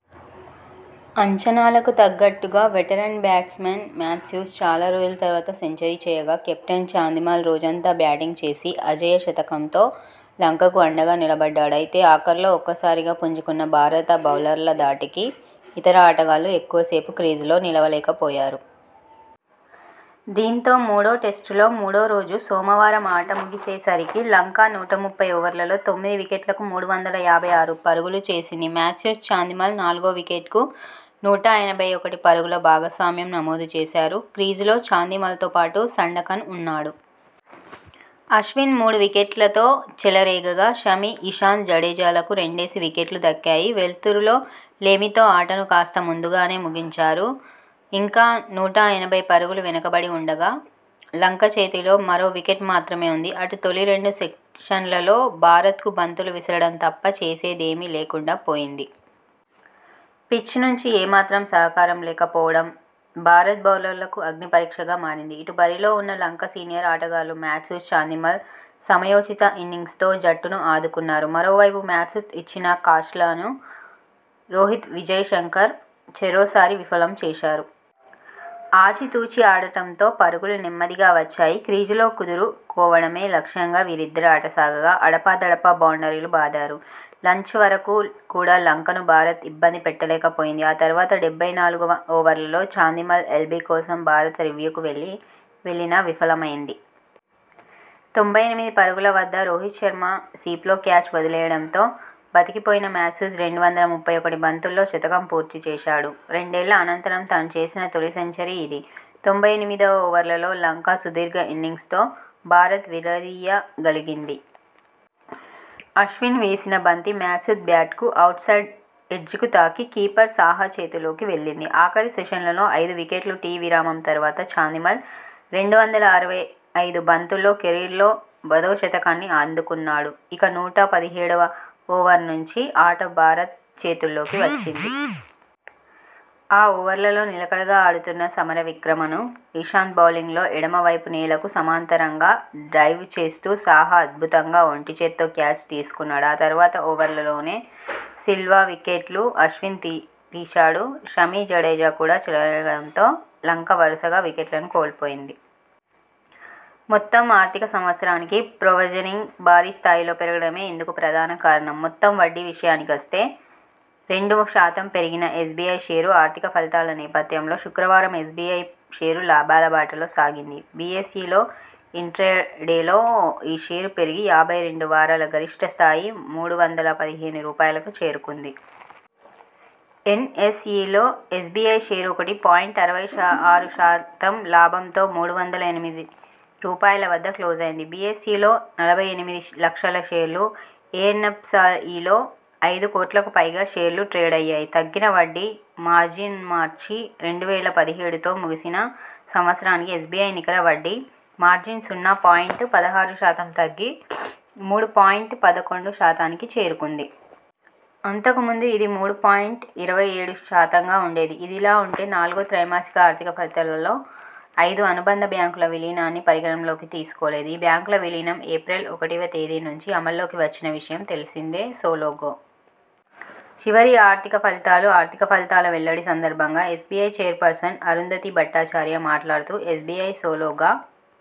అంచనాలకు తగ్గట్టుగా veteran batsman Mathews చాలా రోజుల తర్వాత సెంచరీ చేయగా కెప్టెన్ చాందిమల్ రోజంతా బ్యాటింగ్ చేసి అజేయ శతకంతో లంకకు అండగా నిలబడ్డాడు. అయితే ఆఖర్లో ఒక్క సారిగా పుంజుకున్న భారత బౌలర్ల ధాటికి ఇతర ఆటగాళ్లు ఎక్కువ సేపు క్రీజులో నిలవలేకపోయారు. దీంతో మూడో టెస్టులో మూడో రోజు సోమవారం ఆట ముగిసే సరికి లంక నూట ముప్పై ఓవర్లలో తొమ్మిది వికెట్లకు మూడు వందల యాభై ఆరు పరుగులు చేసింది. మాథ్యూస్, చాందిమల్ నాలుగో వికెట్కు నూట ఎనభై ఒకటి పరుగుల భాగస్వామ్యం నమోదు చేశారు. క్రీజులో చాందిమల్తో పాటు సండకన్ ఉన్నాడు. అశ్విన్ మూడు వికెట్లతో చెలరేగగా షమీ, ఇషాంత్, జడేజాలకు రెండేసి వికెట్లు దక్కాయి. వెలుతురు లేమితో ఆటను కాస్త ముందు గానే ముగించారు. ఇంకా నూట ఎనభై పరుగులు వెనక బడి ఉండగా లంక చేతిలో మరో వికెట్ మాత్రమే ఉంది. అటు తొలి రెండు సెషన్లలో భారత్కు బంతులు విసరడం తప్ప చేసే దేమీ లేకుండా పోయింది. పిచ్ నుంచి ఏమాత్రం సహకారం లేక పోవడం భారత బౌలర్లకు అగ్నిపరీక్షగా మారింది. ఇటు బరిలో ఉన్న లంక సీనియర్ ఆటగాళ్లు మాథ్యూస్, చాందిమల్ సమయోచిత ఇన్నింగ్స్తో జట్టును ఆదుకున్నారు. మరో వైపు మాథ్యూస్ ఇచ్చిన క్యాచ్లను రోహిత్, విజయ్ శంకర్ చెరోసారి విఫలం చేశారు. ఆచి తూచి ఆడడంతో పరుగులు నెమ్మదిగా వచ్చాయి. క్రీజులో కుదురు కోవడమే లక్ష్యంగా వీరిద్దరి ఆట సాగగా అడపా దడపా బౌండరీలు బాదారు. లంచ్ వరకు కూడా లంకను భారత్ ఇబ్బంది పెట్టలేక పోయింది. ఆ తర్వాత డెబ్బై నాలుగువ ఓవర్లో చాందిమల్ ఎల్బీ కోసం భారత్ రివ్యూకు వెళ్లినా విఫలమైంది. తొంభై ఎనిమిది పరుగుల వద్ద రోహిత్ శర్మ స్లిప్లో క్యాచ్ వదిలేయడంతో బతికిపోయిన మాథ్యూస్ రెండు వందల ముప్పై ఒకటి బంతుల్లో శతకం పూర్తి చేశాడు. రెండేళ్ల అనంతరం తను చేసిన తొలి సెంచరీ ఇది. తొంభై ఎనిమిదివ ఓవర్లో లంక సుదీర్ఘ ఇన్నింగ్స్ను భారత్ విడదీయ గలిగింది. అశ్విన్ వేసిన బంతి మాథ్యూస్ బ్యాట్కు అవుట్ సైడ్ ఎడ్జ్కు తాకి కీపర్ సాహా చేతుల్లోకి వెళ్లింది. ఆఖరి సెషన్లో ఐదు వికెట్లు టీ విరామం తర్వాత చాందిమల్ రెండు వందల అరవై ఐదు బంతుల్లో కెరీర్లో పదో శతకాన్ని అందుకున్నాడు. ఇక నూట పదిహేడువ ఓవర్ నుంచి ఆట భారత్ చేతుల్లోకి వచ్చింది. ఆ ఓవర్లో నిలకడగా ఆడుతున్న సమర విక్రమను ఇషాంత్ బౌలింగ్ లో ఎడమ వైపు నేలకు సమాంతరంగా డైవ్ చేస్తూ సాహా అద్భుతంగా ఒంటి చేత్తో క్యాచ్ తీసుకున్నాడు. ఆ తర్వాతి ఓవర్లోనే సిల్వ వికెట్ను అశ్విన్ తీశాడు. షమీ, జడేజా కూడా చెలరేగడంతో లంక వరుసగా వికెట్లను కోల్పోయింది. మొ త్తం ఆర్థిక సంవత్సరానికి ప్రొవిజనింగ్ భారీ స్థాయిలో పెరగడమే ఇందుకు ప్రధాన కారణం. మొత్తం వడ్డీ విషయానికిస్తే రెండు శాతం పెరిగిన ఎస్బిఐ షేరు ఆర్థిక ఫలితాల నేపథ్యంలో శుక్రవారం ఎస్బిఐ షేరు లాభాల బాటలో సాగింది. బిఎస్ ఇలో ఇంట్రాడేలో ఈ షేరు పెరిగి యాభై రెండు వారాల గరిష్ఠ స్థాయి మూడు వందల పదిహేను రూపాయలకు చేరుకుంది. ఎన్ ఎస్ ఇలో ఎస్బిఐ షేరు ఒకటి పాయింట్ అరవై ఆరు శాతం లాభంతో మూడు వందల ఎనిమిది రూపాయల వద్ద క్లోజైంది. బిఎస్ ఇలో నలభై ఎనిమిది లక్షల షేర్లు, ఎనఎ్సఇలో ఐదు కోట్లకు పైగా షేర్లు ట్రేడయ్యాయి. తగ్గిన వడ్డీ మార్జిన్మార్చి రెండు వేల పదిహేడుతో ముగిసిన సంవత్సరానికి ఎస్బిఐ నికర వడ్డీ మార్జిన్ సున్నా పాయింట్ పదహారు శాతం తగ్గి మూడు పాయింట్ పదకొండు శాతానికి చేరుకుంది. అంతకు ముందు ఇది మూడు పాయింట్ ఇరవై ఏడు శాతంగా ఉండేది. ఇదిలా ఉంటే నాలుగో త్రైమాసిక ఆర్థిక ఫలితాల్లో ఐదు అనుబంధ బ్యాంకుల విలీనాన్ని పరిగణనలోకి తీసుకోలేదు. ఈ బ్యాంకుల విలీనం ఏప్రిల్ ఒకటివ తేదీ నుంచి అమల్లోకి వచ్చిన విషయం తెలిసిందే. సోలోగా చివరి ఆర్థిక ఫలితాలు ఆర్థిక ఫలితాల వెల్లడి సందర్భంగా ఎస్బిఐ చైర్పర్సన్ అరుంధతీ భట్టాచార్య మాట్లాడుతూ ఎస్బిఐ సోలోగా